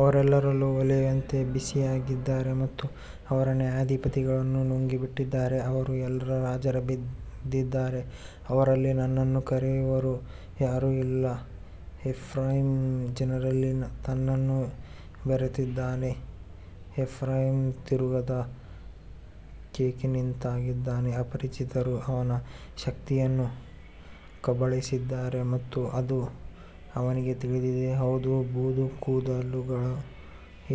ಅವರೆಲ್ಲರೂ ಒಲೆಯಂತೆ ಬಿಸಿಯಾಗಿದ್ದಾರೆ ಮತ್ತು ಅವರ ನ್ಯಾಯಾಧಿಪತಿಗಳನ್ನು ನುಂಗಿಬಿಟ್ಟಿದ್ದಾರೆ. ಅವರ ಎಲ್ಲಾ ರಾಜರು ಬಿದ್ದಿದ್ದಾರೆ, ಅವರಲ್ಲಿ ನನ್ನನ್ನು ಕರೆಯುವವರು ಯಾರೂ ಇಲ್ಲ. ಎಫ್ರಾಯೀಮ್ ಜನರಲ್ಲಿ ತನ್ನನ್ನು ಬೆರೆತಿದ್ದಾನೆ. ಎಫ್ರಾಯೀಮ್ ತಿರುಗದ ಕೇಕಿನಂತಿದ್ದಾನೆ. ಅಪರಿಚಿತರು ಅವನ ಶಕ್ತಿಯನ್ನು ಕಬಳಿಸಿದ್ದಾರೆ ಮತ್ತು ಅದು ಅವನಿಗೆ ತಿಳಿದಿದೆ. ಹೌದು, ಬೂದು ಕೂದಲುಗಳು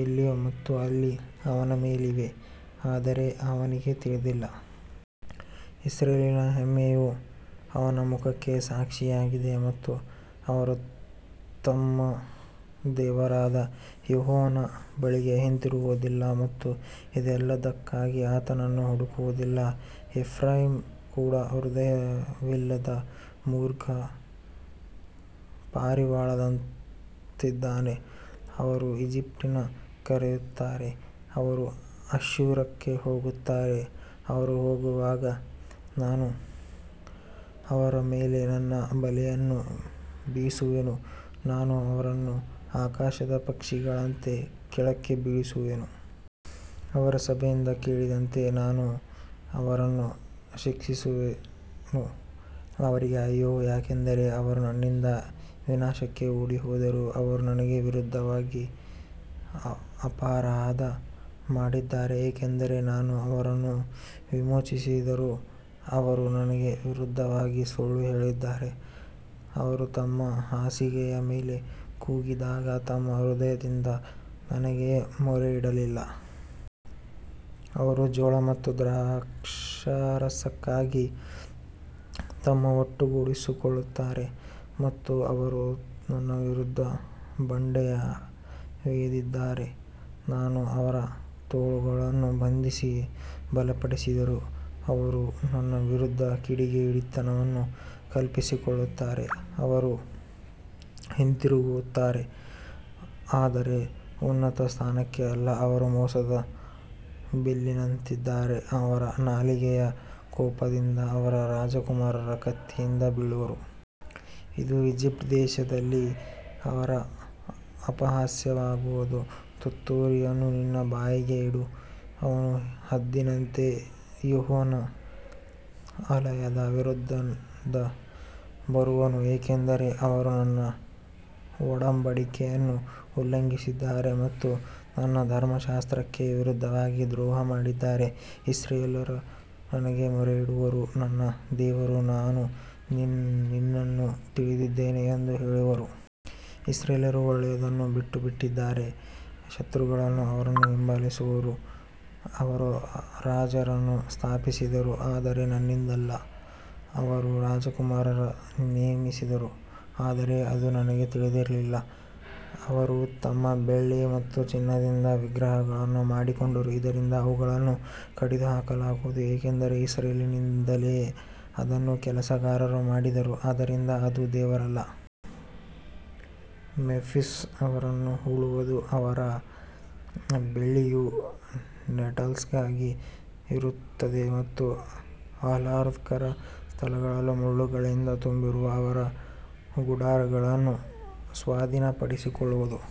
ಇಲ್ಲಿ ಮತ್ತು ಅಲ್ಲಿ ಅವನ ಮೇಲೆ ಇವೆ, ಆದರೆ ಅವನಿಗೆ ತಿಳಿದಿಲ್ಲ. ಇಸ್ರಾಯೇಲಿನ ಹೆಮ್ಮೆಯು ಅವನ ಮುಖಕ್ಕೆ ಸಾಕ್ಷಿಯಾಗಿದೆ ಮತ್ತು ಅವರು ತಮ್ಮ ದೇವರಾದ ಯೆಹೋವನ ಬಳಿಗೆ ಹಿಂತಿರುಗುವುದಿಲ್ಲ ಮತ್ತು ಇದೆಲ್ಲದಕ್ಕಾಗಿ ಆತನನ್ನು ಹುಡುಕುವುದಿಲ್ಲ. ಎಫ್ರಾಯೀಮ್ ಕೂಡ ಹೃದಯವಿಲ್ಲದ ಮೂರ್ಖ ಪಾರಿವಾಳದಂತಿದ್ದಾನೆ. ಅವರು ಈಜಿಪ್ಟಿಗೆ ಕರೆಯುತ್ತಾರೆ, ಅವರು ಅಶ್ಶೂರಕ್ಕೆ ಹೋಗುತ್ತಾರೆ. ಅವರು ಹೋಗುವಾಗ ನಾನು ಅವರ ಮೇಲೆ ನನ್ನ ಬಲೆಯನ್ನು ಬೀಸುವೆನು, ನಾನು ಅವರನ್ನು ಆಕಾಶದ ಪಕ್ಷಿಗಳಂತೆ ಕೆಳಕ್ಕೆ ಬೀಳಿಸುವೆನು. ಅವರ ಸಭೆಯು ಕೇಳಿದಂತೆ ನಾನು ಅವರನ್ನು ಶಿಕ್ಷಿಸುವೆನು. ಅವರಿಗೆ ಅಯ್ಯೋ, ಯಾಕಂದರೆ ಅವರು ನನ್ನಿಂದ ವಿನಾಶಕ್ಕೆ ಓಡಿಹೋದರು. ಅವರು ನನಗೆ ವಿರುದ್ಧವಾಗಿ ಅಪರಾಧ ಮಾಡಿದ್ದಾರೆ, ಏಕೆಂದರೆ ನಾನು ಅವರನ್ನು ವಿಮೋಚಿಸಿದರೂ ಅವರು ನನಗೆ ವಿರುದ್ಧವಾಗಿ ಸುಳ್ಳು ಹೇಳಿದ್ದಾರೆ. ಅವರು ತಮ್ಮ ಹಾಸಿಗೆಯ ಮೇಲೆ ಕೂಗಿದಾಗ ತಮ್ಮ ಹೃದಯದಿಂದ ನನಗೆ ಮೊರೆಯಿಡಲಿಲ್ಲ. ಅವರು ಜೋಳ ಮತ್ತು ದ್ರಾಕ್ಷಾರಸಕ್ಕಾಗಿ ತಮ್ಮನ್ನು ಒಟ್ಟುಗೂಡಿಸಿಕೊಳ್ಳುತ್ತಾರೆ ಮತ್ತು ಅವರು ನನ್ನ ವಿರುದ್ಧ ಬಂಡಾಯವೆದ್ದಿದ್ದಾರೆ. ನಾನು ಅವರ ತೋಳುಗಳನ್ನು ಬಂಧಿಸಿ ಬಲಪಡಿಸಿದರೂ ಅವರು ನನ್ನ ವಿರುದ್ಧ ಕಿಡಿಗೇಡಿತನವನ್ನು ಕಲ್ಪಿಸಿಕೊಳ್ಳುತ್ತಾರೆ. ಅವರು ಹಿಂತಿರುಗುತ್ತಾರೆ, ಆದರೆ ಉನ್ನತ ಸ್ಥಾನಕ್ಕೆ ಅಲ್ಲ. ಅವರು ಮೋಸದ ಬಿಲ್ಲಿನಂತಿದ್ದಾರೆ. ಅವರ ನಾಲಿಗೆಯ ಕೋಪದಿಂದ ಅವರ ರಾಜಕುಮಾರರು ಕತ್ತಿಯಿಂದ ಬೀಳುವರು. ಇದು ಈಜಿಪ್ಟ್ ದೇಶದಲ್ಲಿ ಅವರ ಅಪಹಾಸ್ಯವಾಗುವುದು. ತುತ್ತೂರಿಯನ್ನು ನಿನ್ನ ಬಾಯಿಗೆ ಇಡು. ಅವನು ಹದ್ದಿನಂತೆ ಯೆಹೋವನ ಆಲಯದ ವಿರುದ್ಧ ಬರುವನು, ಏಕೆಂದರೆ ಅವರು ನನ್ನ ಒಡಂಬಡಿಕೆಯನ್ನು ಉಲ್ಲಂಘಿಸಿದ್ದಾರೆ ಮತ್ತು ನನ್ನ ಧರ್ಮಶಾಸ್ತ್ರಕ್ಕೆ ವಿರುದ್ಧವಾಗಿ ದ್ರೋಹ ಮಾಡಿದ್ದಾರೆ. ಇಸ್ರಾಯೇಲ್ಯರು ನನಗೆ ಮೊರೆಯಿಡುವರು, ನನ್ನ ದೇವರೇ, ನಾವು ನಿನ್ನನ್ನು ತಿಳಿದಿದ್ದೇವೆ ಎಂದು ಹೇಳುವರು. ಇಸ್ರಾಯೇಲ್ಯರು ಒಳ್ಳೆಯದನ್ನು ಬಿಟ್ಟುಬಿಟ್ಟಿದ್ದಾರೆ, ಶತ್ರುಗಳು ಅವನನ್ನು ಹಿಂಬಾಲಿಸುವರು. ಅವರು ರಾಜರನ್ನು ಸ್ಥಾಪಿಸಿದರು, ಆದರೆ ನನ್ನಿಂದಲ್ಲ. ಅವರು ರಾಜಕುಮಾರರನ್ನು ನೇಮಿಸಿದರು, ಆದರೆ ಅದು ನನಗೆ ತಿಳಿದಿರಲಿಲ್ಲ. ಅವರು ತಮ್ಮ ಬೆಳ್ಳಿ ಮತ್ತು ಚಿನ್ನದಿಂದ ವಿಗ್ರಹಗಳನ್ನು ಮಾಡಿಕೊಂಡರು, ಇದರಿಂದ ಅವುಗಳನ್ನು ಕಡಿದುಹಾಕಲಾಗುವುದು. ಯಾಕಂದರೆ ಇಸ್ರಾಯೇಲಿನಿಂದಲೇ ಅದನ್ನು ಕೆಲಸಗಾರನು ಮಾಡಿದನು, ಆದ್ದರಿಂದ ಅದು ದೇವರಲ್ಲ. ಮೆಂಫಿಸ್ ಅವರನ್ನು ಹೂಳುವುದು. ಅವರ ಬೆಳ್ಳಿಯು ನೆಟಲ್ಸ್ಗಾಗಿ ಇರುತ್ತದೆ ಮತ್ತು ಆಹ್ಲಾದಕರ ಸ್ಥಳಗಳು ಮುಳ್ಳುಗಳಿಂದ ತುಂಬಿರುವ ಅವರ ಗುಡಾರಗಳನ್ನು ಸ್ವಾಧೀನಪಡಿಸಿಕೊಳ್ಳುವವು.